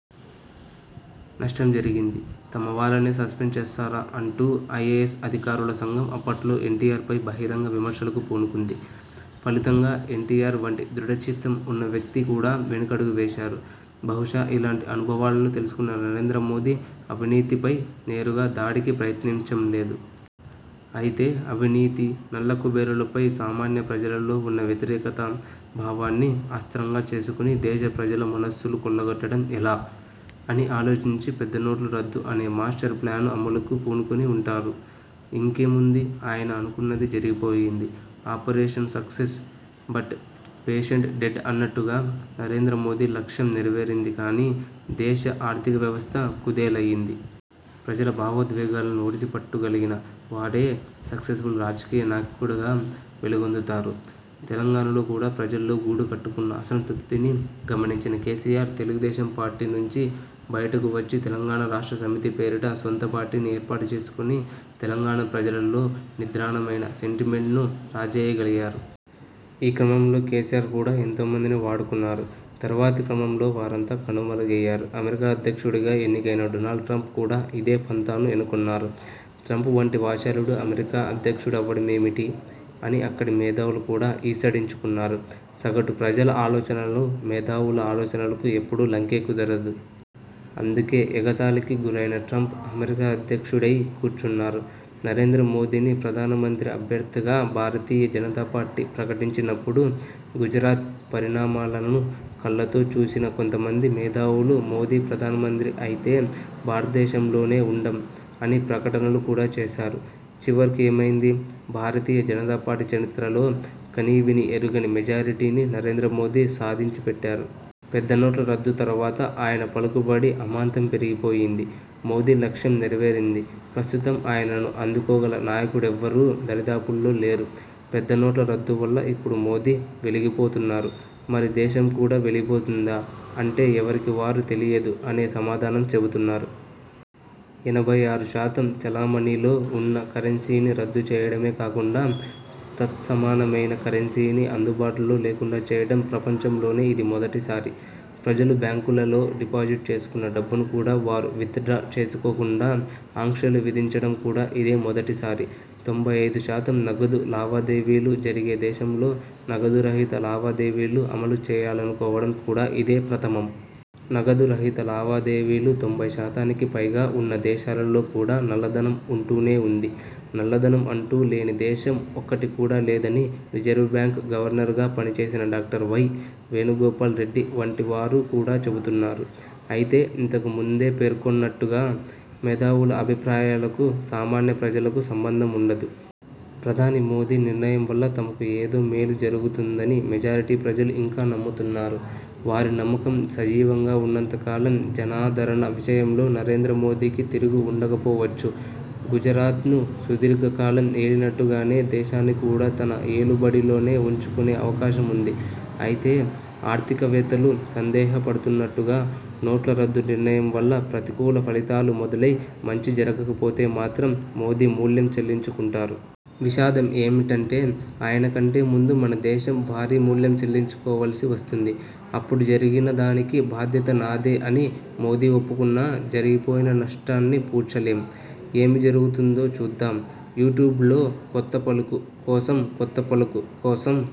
నష్టం జరిగింది. తమ వాళ్లనే సస్పెండ్ చేస్తారా? అంటూ ఐఏఎస్ అధికారుల సంఘం అప్పట్లో ఎన్ టి ఆర్ పై బహిరంగ విమర్శలకు పూనుకుంది. ఫలితంగా ఎన్ టి ఆర్ వంటి దృఢచిత్తం ఉన్న వ్యక్తి కూడా వెనకడుగు వేశారు. బహుశా ఇలాంటి అనుభవాలను తెలుసుకున్న నరేంద్ర మోదీ అవినీతిపై నేరుగా దాడికి ప్రయత్నించలేదు. అయితే అవినీతి, నల్లకుబేరులపై సామాన్య ప్రజలలో ఉన్న వ్యతిరేక భావాన్ని అస్త్రంగా చేసుకుని దేశ ప్రజల మనస్సులు కొల్లగొట్టడం ఎలా? అని ఆలోచించి పెద్దనోట్ల రద్దు అనే మాస్టర్ ప్లాన్ అమలుకు పూనుకుని ఉంటారు. ఇంకేముంది ఆయన అనుకున్నది జరిగిపోయింది. Operation success but patient dead అన్నట్టుగా నరేంద్ర మోదీ లక్ష్యం నెరవేరింది గానీ దేశ ఆర్థిక వ్యవస్థ కుదేలయ్యింది. ప్రజల భావోద్వేగాలను ఒడిసి పట్టగలిగిన వాడే సక్సెస్ఫుల్ రాజకీయ నాయకుడిగా వెలుగొందుతారు. తెలంగాణలో కూడా ప్రజల్లో గూడు కట్టుకున్న అసంతృప్తిని గమనించిన కేసీఆర్, తెలుగుదేశం పార్టీ నుంచి బయటకు వచ్చి తెలంగాణ రాష్ట్ర సమితి పేరిట సొంత పార్టీని ఏర్పాటుచేసుకుని తెలంగాణ ప్రజలలో నిద్రాణమైన సెంటిమెంట్ను రాజేయగలిగారు. ఈ క్రమంలో కేసీఆర్ కూడా ఎంతో మందిని వాడుకున్నారు. తర్వాతి క్రమంలో వారంతా కనుమరుగయ్యారు. అమెరికా అధ్యక్షుడిగా ఎన్నికైన డొనాల్డ్ ట్రంప్ కూడా ఇదే పంథాను ఎన్నుకున్నారు. ట్రంప్ వంటి వాచాలుడు అమెరికా అధ్యక్షుడు అవ్వడం ఏమిటి? అని అక్కడి మేధావులు కూడా ఈసడించుకున్నారు. సగటు ప్రజల ఆలోచనలకు మేధావుల ఆలోచనలకు ఎప్పుడూ లంకె కుదరదు. అందుకే ఎగతాళికి గురైన ట్రంప్ అమెరికా అధ్యక్షుడై కూర్చున్నారు. నరేంద్ర మోదీని ప్రధానమంత్రి అభ్యర్థిగా భారతీయ జనతా పార్టీ ప్రకటించినప్పుడు గుజరాత్ పరిణామాలను కళ్లతో చూసిన కొంతమంది మేధావులు మోదీ ప్రధానమంత్రి అయితే 'భారతదేశంలోనే ఉండం' అని ప్రకటనలు కూడా చేశారు. చివరకు ఏమైంది? భారతీయ జనతా పార్టీ చరిత్రలో కనీవినీ ఎరుగని మెజారిటీని నరేంద్ర మోదీ సాధించిపెట్టారు. పెద్ద నోట్ల రద్దు తర్వాత ఆయన పలుకుబడి అమాంతం పెరిగిపోయింది. మోదీ లక్ష్యం నెరవేరింది. ప్రస్తుతం ఆయనను అందుకోగల నాయకుడెవ్వరూ దరిదాపుల్లో లేరు. పెద్ద నోట్ల రద్దు వల్ల ఇప్పుడు మోదీ వెలిగిపోతున్నారు. మరి దేశం కూడా వెలిగిపోతుందా? అంటే ఎవరికి వారు తెలియదు అనే సమాధానం చెబుతున్నారు. ఎనభై ఆరు శాతం చలామణిలో ఉన్న కరెన్సీని రద్దు చేయడమే కాకుండా తత్సమానమైన కరెన్సీని అందుబాటులో లేకుండా చేయడం ప్రపంచంలోనే ఇది మొదటిసారి. ప్రజలు బ్యాంకులలో డిపాజిట్ చేసుకున్న డబ్బును కూడా వారు విత్ డ్రా చేసుకోకుండా ఆంక్షలు విధించడం కూడా ఇదే మొదటిసారి. తొంభై ఐదు శాతం నగదు లావాదేవీలు జరిగే దేశంలో నగదు రహిత లావాదేవీలు అమలు చేయాలనుకోవడం కూడా ఇదే ప్రథమం. నగదు రహిత లావాదేవీలు తొంభై శాతానికి పైగా ఉన్న దేశాలలో కూడా నల్లధనం ఉంటూనే ఉంది. నల్లధనం అంటూ లేని దేశం ఒక్కటి కూడా లేదని రిజర్వ్ బ్యాంకు గవర్నర్గా పనిచేసిన డాక్టర్ వై. వేణుగోపాల్ రెడ్డి వంటి వారు కూడా చెబుతున్నారు. అయితే ఇంతకు ముందే పేర్కొన్నట్టు మేధావుల అభిప్రాయాలకు, సామాన్య ప్రజలకు సంబంధం ఉండదు. ప్రధాని మోదీ నిర్ణయం వల్ల తమకు ఏదో మేలు జరుగుతుందని మెజారిటీ ప్రజలు ఇంకా నమ్ముతున్నారు. వారి నమ్మకం సజీవంగా ఉన్నంతకాలం జనాదరణ విషయంలో నరేంద్ర మోదీకి తిరుగు ఉండకపోవచ్చు. గుజరాత్ను సుదీర్ఘకాలం ఏలినట్టుగానే దేశాన్ని కూడా తన ఏలుబడిలోనే ఉంచుకునే అవకాశం ఉంది. అయితే ఆర్థికవేత్తలు సందేహపడుతున్నట్టుగా నోట్ల రద్దు నిర్ణయం వల్ల ప్రతికూల ఫలితాలు మొదలై మంచి జరగకపోతే మాత్రం మోదీ మూల్యం చెల్లించుకుంటారు. విషాదం ఏమిటంటే ఆయన కంటే ముందు మన దేశం భారీ మూల్యం చెల్లించుకోవలసి వస్తుంది. అప్పుడు జరిగినదానికి బాధ్యత నాదే అని మోదీ ఒప్పుకొన్నా జరిగిపోయిన నష్టాన్ని పూడ్చలేం. ఏమి జరుగుతుందో చూద్దాం! యూట్యూబ్లో 'కొత్త పలుకు' కోసం 'కొత్త పలుకు' కోసం